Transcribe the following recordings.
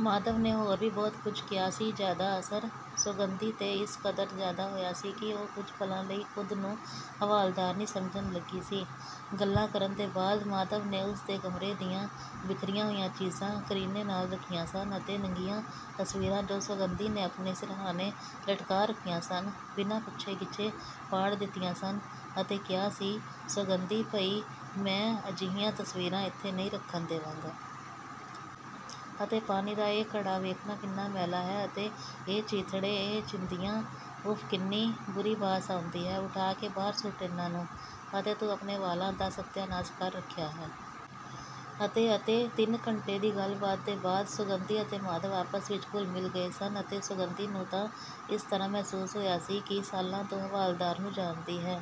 ਮਾਧਵ ਨੇ ਹੋਰ ਵੀ ਬਹੁਤ ਕੁੱਝ ਕਿਹਾ ਸੀ, ਜਿਆਦਾ ਅਸਰ ਸੌਗੰਧੀ ਤੇ ਇਸ ਕਦਰ ਜ਼ਿਆਦਾ ਹੋਇਆ ਸੀ ਕਿ ਉਹ ਕੁਝ ਪਲਾਂ ਲਈ ਖ਼ੁਦ ਨੂੰ ਹਵਾਲਦਾਰਨੀ ਸਮਝਣ ਲੱਗੀ ਸੀ। ਗੱਲਾਂ ਕਰਨ ਦੇ ਬਾਅਦ ਮਾਧਵ ਨੇ ਉਸਦੇ ਕਮਰੇ ਦੀਆਂ ਬਿਖਰੀਆਂ ਹੋਈਆਂ ਚੀਜ਼ਾਂ ਕਰੀਨੇ ਨਾਲ਼ ਰੱਖੀਆਂ ਸਨ ਅਤੇ ਨੰਗੀਆਂ ਤਸਵੀਰਾਂ ਜੋ ਸੌਗੰਧੀ ਨੇ ਆਪਣੇ ਸਿਰਹਾਨੇ ਲਟਕਾ ਰੱਖੀਆਂ ਸਨ, ਬਿਨਾਂ ਪੁੱਛੇ-ਗਿਛੇ ਪਾੜ ਦਿੱਤੀਆਂ ਸਨ ਅਤੇ ਕਿਹਾ ਸੀ, “ਸੌਗੰਧੀ, ਭਈ ਮੈਂ ਅਜਿਹੀਆਂ ਤਸਵੀਰਾਂ ਇੱਥੇ ਨਹੀਂ ਰੱਖਣ ਦੇਵਾਂਗਾ। ਅਤੇ ਪਾਣੀ ਦਾ ਇਹ ਘੜਾ, ਵੇਖਣਾ ਕਿੰਨਾ ਮੈਲਾ ਹੈ ਅਤੇ ਇਹ, ਇਹ ਚੀਥੜੇ, ਇਹ ਚਿੰਦੀਆਂ, ਉਫ਼, ਕਿੰਨੀ ਬੁਰੀ ਬਾਸ ਆਉਂਦੀ ਹੈ, ਉਠਾ ਕੇ ਬਾਹਰ ਸੁੱਟ ਇਨ੍ਹਾਂ ਨੂੰ। ਅਤੇ ਤੂੰ ਆਪਣੇ ਵਾਲ਼ਾਂ ਦਾ ਸਤਿਆਨਾਸ ਕਰ ਰੱਖਿਆ ਹੈ। ਅਤੇ, ਅਤੇ।” ਤਿੰਨ ਘੰਟੇ ਦੀ ਗੱਲਬਾਤ ਦੇ ਬਾਅਦ ਸੌਗੰਧੀ ਅਤੇ ਮਾਧਵ ਆਪਸ ਵਿੱਚ ਘੁਲ਼ ਮਿਲ਼ ਗਏ ਸਨ ਅਤੇ ਸੌਗੰਧੀ ਨੂੰ ਤਾਂ ਇਸ ਤਰ੍ਹਾਂ ਮਹਿਸੂਸ ਹੋਇਆ ਸੀ ਕਿ ਸਾਲਾਂ ਤੋਂ ਹਵਾਲਦਾਰ ਨੂੰ ਜਾਣਦੀ ਹੈ।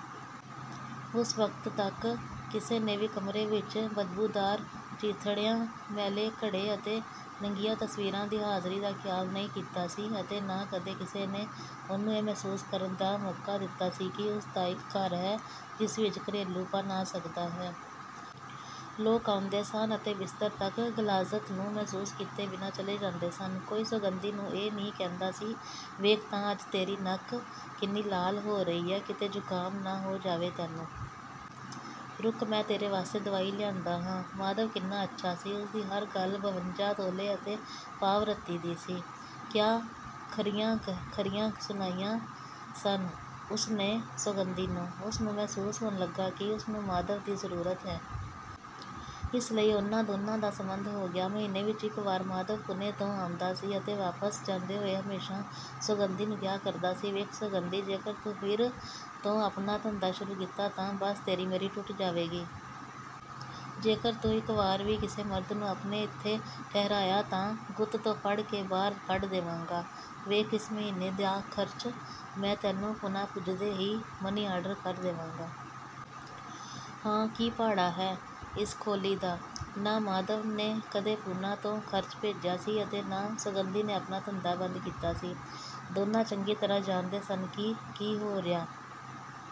ਉਸ ਵਕਤ ਤੱਕ ਕਿਸੇ ਨੇ ਵੀ ਕਮਰੇ ਵਿੱਚ ਬਦਬੂਦਾਰ ਚੀਥੜਿਆਂ, ਮੈਲੇ ਘੜੇ ਅਤੇ ਨੰਗੀਆਂ ਤਸਵੀਰਾਂ ਦੀ ਹਾਜ਼ਰੀ ਦਾ ਖ਼ਿਆਲ ਨਹੀਂ ਕੀਤਾ ਸੀ ਅਤੇ ਨਾ ਕਦੇ ਕਿਸੇ ਨੇ ਉਹਨੂੰ ਇਹ ਮਹਿਸੂਸ ਕਰਨ ਦਾ ਮੌਕਾ ਦਿੱਤਾ ਸੀ ਕਿ ਉਸਦਾ ਇੱਕ ਘਰ ਹੈ ਜਿਸ ਵਿੱਚ ਘਰੇਲੂਪਣ ਆ ਸਕਦਾ ਹੈ। ਲੋਕ ਆਉਂਦੇ ਸਨ ਅਤੇ ਬਿਸਤਰ ਤੱਕ ਗ਼ਲਾਜ਼ਤ ਨੂੰ ਮਹਿਸੂਸ ਕੀਤੇ ਬਿਨਾਂ ਚਲੇ ਜਾਂਦੇ ਸਨ। ਕੋਈ ਸੌਗੰਧੀ ਨੂੰ ਇਹ ਨਹੀਂ ਕਹਿੰਦਾ ਸੀ, “ਵੇਖ ਤਾਂ ਅੱਜ ਤੇਰੀ ਨੱਕ ਕਿੰਨੀ ਲਾਲ਼ ਹੋ ਰਹੀ ਹੈ, ਕਿਤੇ ਜੁਕਾਮ ਨਾ ਹੋ ਜਾਵੇ ਤੈਨੂੰ। ਰੁੱਕ ਮੈਂ ਤੇਰੇ ਵਾਸਤੇ ਦਵਾਈ ਲਿਆਂਦਾ ਹਾਂ।” ਮਾਧਵ ਕਿੰਨਾ ਅੱਛਾ ਸੀ, ਉਸਦੀ ਹਰ ਗੱਲ ਬਵੰਜਾ ਤੋਲੇ ਅਤੇ ਪਾਵ-ਰੱਤੀ ਦੀ ਸੀ। ਕਿਆ ਖਰੀਆਂ ਖਰੀਆਂ ਸੁਣਾਈਆਂ ਸਨ ਉਸਨੇ ਸੌਗੰਧੀ ਨੂੰ। ਉਸਨੂੰ ਮਹਿਸੂਸ ਹੋਣ ਲੱਗਾ ਕਿ ਉਸਨੂੰ ਮਾਧਵ ਦੀ ਜ਼ਰੂਰਤ ਹੈ। ਇਸ ਲਈ ਉਨ੍ਹਾਂ ਦੋਨਾਂ ਦਾ ਸੰਬੰਧ ਹੋ ਗਿਆ। ਮਹੀਨੇ ਵਿੱਚ ਇੱਕ ਵਾਰ ਮਾਧਵ ਪੂਨੇ ਤੋਂ ਆਉਂਦਾ ਸੀ ਅਤੇ ਵਾਪਸ ਜਾਂਦੇ ਹੋਏ ਹਮੇਸ਼ਾ ਸੌਗੰਧੀ ਨੂੰ ਕਿਹਾ ਕਰਦਾ ਸੀ, “ਵੇਖ ਸੌਗੰਧੀ! ਜੇਕਰ ਤੂੰ ਫਿਰ ਤੋਂ ਆਪਣਾ ਧੰਦਾ ਸ਼ੁਰੂ ਕੀਤਾ ਤਾਂ ਬਸ ਤੇਰੀ ਮੇਰੀ ਟੁੱਟ ਜਾਵੇਗੀ। ਜੇਕਰ ਤੂੰ ਇੱਕ ਵਾਰ ਵੀ ਕਿਸੇ ਮਰਦ ਨੂੰ ਆਪਣੇ ਇੱਥੇ ਠਹਿਰਾਇਆ ਤਾਂ ਗੁੱਤ ਤੋਂ ਫੜ ਕੇ ਬਾਹਰ ਕੱਢ ਦੇਵਾਂਗਾ। ਵੇਖ ਇਸ ਮਹੀਨੇ ਦਾ ਖ਼ਰਚ ਮੈਂ ਤੈਨੂੰ ਪੂਨਾ ਪੁੱਜਦੇ ਹੀ ਮਨੀ ਆਰਡਰ ਕਰ ਦੇਵਾਂਗਾ। ਹਾਂ, ਕੀ ਭਾੜਾ ਹੈ ਇਸ ਖੋਲੀ ਦਾ।” ਨਾ ਮਾਧਵ ਨੇ ਕਦੇ ਪੂਨਾ ਤੋਂ ਖ਼ਰਚ ਭੇਜਿਆ ਸੀ ਅਤੇ ਨਾ ਸੌਗੰਧੀ ਨੇ ਆਪਣਾ ਧੰਦਾ ਬੰਦ ਕੀਤਾ ਸੀ। ਦੋਨਾਂ ਚੰਗੀ ਤਰ੍ਹਾਂ ਜਾਣਦੇ ਸਨ ਕਿ ਕੀ ਹੋ ਰਿਹਾ।